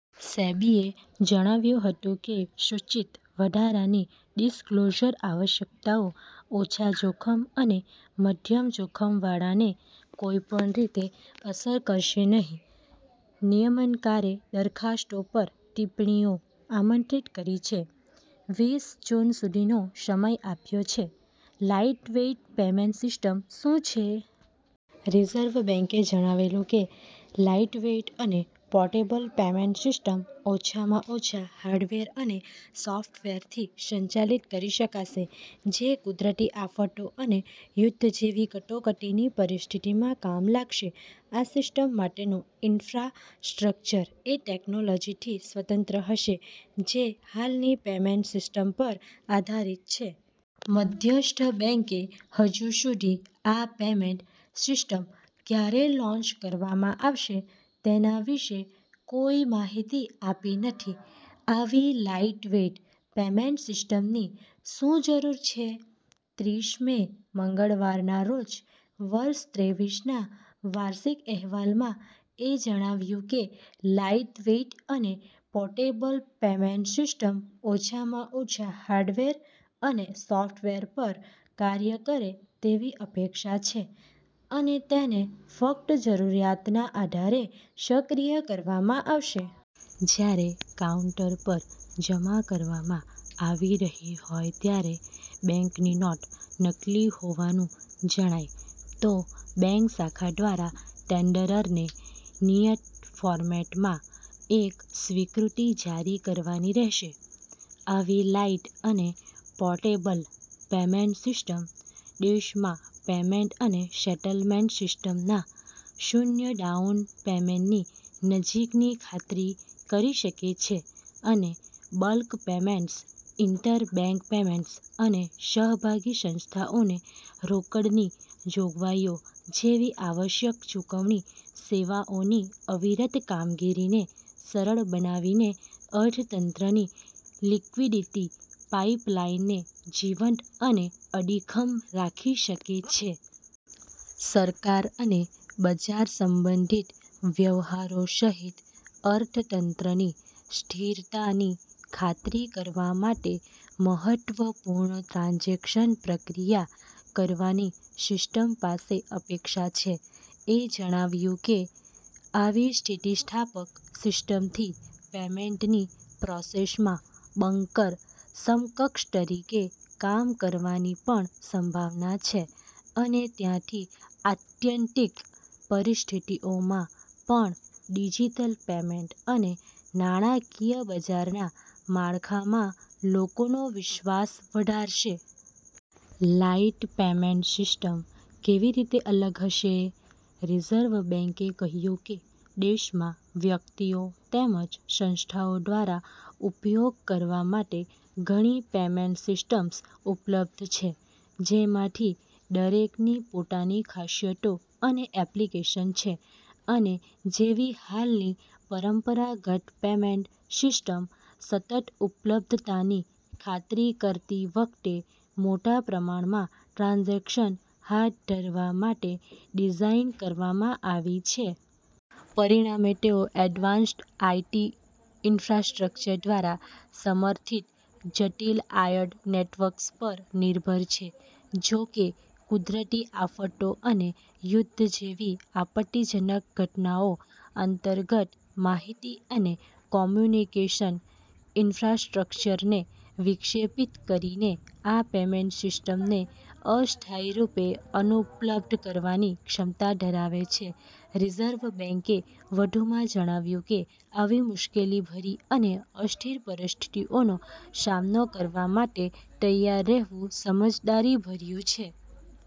સેબીએ જણાવ્યું હતું કે સૂચિત વધારાની ડિસ્ક્લોઝર આવશ્યકતાઓ ઓછા-જોખમ અને મધ્યમ-જોખમવાળા ને કોઈપણ રીતે અસર કરશે નહીં. નિયમનકારે દરખાસ્તો પર ટિપ્પણીઓ આમંત્રિત કરી છે, વીસ જૂન સુધીનો સમય આપ્યો છે. લાઇટવેઇટ પેમેન્ટ સિસ્ટમ શું છે? રિઝર્વ બેંકે જણાવ્યું કે, લાઇટવેઇટ અને પોર્ટેબલ પેમેન્ટ સિસ્ટમ ઓછામાં ઓછા હાર્ડવેર અને સોફ્ટવેરથી સંચાલિત કરી શકાશે, જે કુદરતી આફતો અને યુદ્ધ જેવી કટોકટીની પરિસ્થિતિમાં કામ લાગશે. આ સિસ્ટમ માટેનું ઈન્ફ્રાસ્ટ્રક્ચર એ ટેકનોલોજીથી સ્વતંત્ર હશે જે હાલની પેમેન્ટ સિસ્ટમ પર આધારિત છે. મધ્યસ્થ બેંકે હજુ સુધી આ પેમેન્ટ સિસ્ટમ ક્યારે લોન્ચ કરવામાં આવશે તેના વિશે કોઇ માહિતી આપી નથી. આવી લાઇટવેઇટ પેમેન્ટ સિસ્ટમની શું જરૂર છે? ત્રીસ મે, મંગળવારના રોજ વર્ષ ત્રેવીસના વાર્ષિક અહેવાલમાં એ જણાવ્યું કે, લાઇટવેઇટ અને પોર્ટેબલ પેમેન્ટ સિસ્ટમ ઓછામાં ઓછા હાર્ડવેર અને સૉફ્ટવેર પર કાર્ય કરે તેવી અપેક્ષા છે અને તેને ફક્ત "જરૂરિયાતના આધારે" સક્રિય કરવામાં આવશે. જ્યારે કાઉન્ટર પર જમા કરવામાં આવી રહી હોય ત્યારે બેંકની નોટ નકલી હોવાનું જણાય તો બેંક શાખા દ્વારા ટેન્ડરરને નિયત ફોર્મેટમાં એક સ્વીકૃતિ જારી કરવાની રહેશે. "આવી લાઇટ અને પોર્ટેબલ પેમેન્ટ સિસ્ટમ દેશમાં પેમેન્ટ અને સેટલમેન્ટ સિસ્ટમના શૂન્ય ડાઉનટાઇમની નજીકની ખાતરી કરી શકે છે અને બલ્ક પેમેન્ટ્સ, ઇન્ટરબેંક પેમેન્ટ્સ અને સહભાગી સંસ્થાઓને રોકડની જોગવાઈઓ જેવી આવશ્યક ચુકવણી સેવાઓની અવિરત કામગીરીને સરળ બનાવીને અર્થતંત્રની લિક્વિડિટી પાઇપલાઇનને જીવંત અને અડીખમ રાખી શકે છે. સરકાર અને બજાર સંબંધિત વ્યવહારો સહિત અર્થતંત્રની સ્થિરતાની ખાતરી કરવા માટે મહત્વપૂર્ણ ટ્રાન્ઝેક્શન પ્રક્રિયા કરવાની સિસ્ટમ પાસે અપેક્ષા છે. એ જણાવ્યું કે, "આવી સ્થિતિસ્થાપક સિસ્ટમથી પેમેન્ટની પ્રોસેસમાં બંકર સમકક્ષ તરીકે કામ કરવાની પણ સંભાવના છે અને ત્યાંથી આત્યંતિક પરિસ્થિતિઓમાં પણ ડિજિટલ પેમેન્ટ અને નાણાકીય બજારના માળખામાં લોકોનો વિશ્વાસ વધારશે. " લાઇટ પેમેન્ટ સિસ્ટમ કેવી રીતે અલગ હશે? રિઝર્વ બેંકે કહ્યું કે, દેશમાં વ્યક્તિઓ તેમજ સંસ્થાઓ દ્વારા ઉપયોગ કરવા માટે ઘણી પેમેન્ટ સિસ્ટમ્સ ઉપલબ્ધ છે, જેમાંથી દરેકની પોતાની ખાસિયતો અને એપ્લિકેશન છે અને જેવી હાલની પરંપરાગત પેમેન્ટ સિસ્ટમ્સ સતત ઉપલબ્ધતાની ખાતરી કરતી વખતે મોટા પ્રમાણમાં ટ્રાન્ઝેક્શન હાથ ધરવા માટે ડિઝાઇન કરવામાં આવી છે. પરિણામે, તેઓ એડવાન્સ્ડ આઇટી ઇન્ફ્રાસ્ટ્રક્ચર દ્વારા સમર્થિત જટિલ વાયર્ડ નેટવર્ક્સ પર નિર્ભર છે. "જો કે, કુદરતી આફતો અને યુદ્ધ જેવી આપત્તિજનક ઘટનાઓ અંતર્ગત માહિતી અને કોમ્યુનિકેશન ઇન્ફ્રાસ્ટ્રક્ચરને વિક્ષેપિત કરીને આ પેમેન્ટ સિસ્ટમને અસ્થાયી રૂપે અનુપલબ્ધ કરવાની ક્ષમતા ધરાવે છે," રિઝર્વ બેંકે વધુમાં જણાવ્યું કે, આવી મુશ્કેલીભરી અને અસ્થિર પરિસ્થિતિઓનો સામનો કરવા માટે તૈયાર રહેવું સમજદારીભર્યું છે.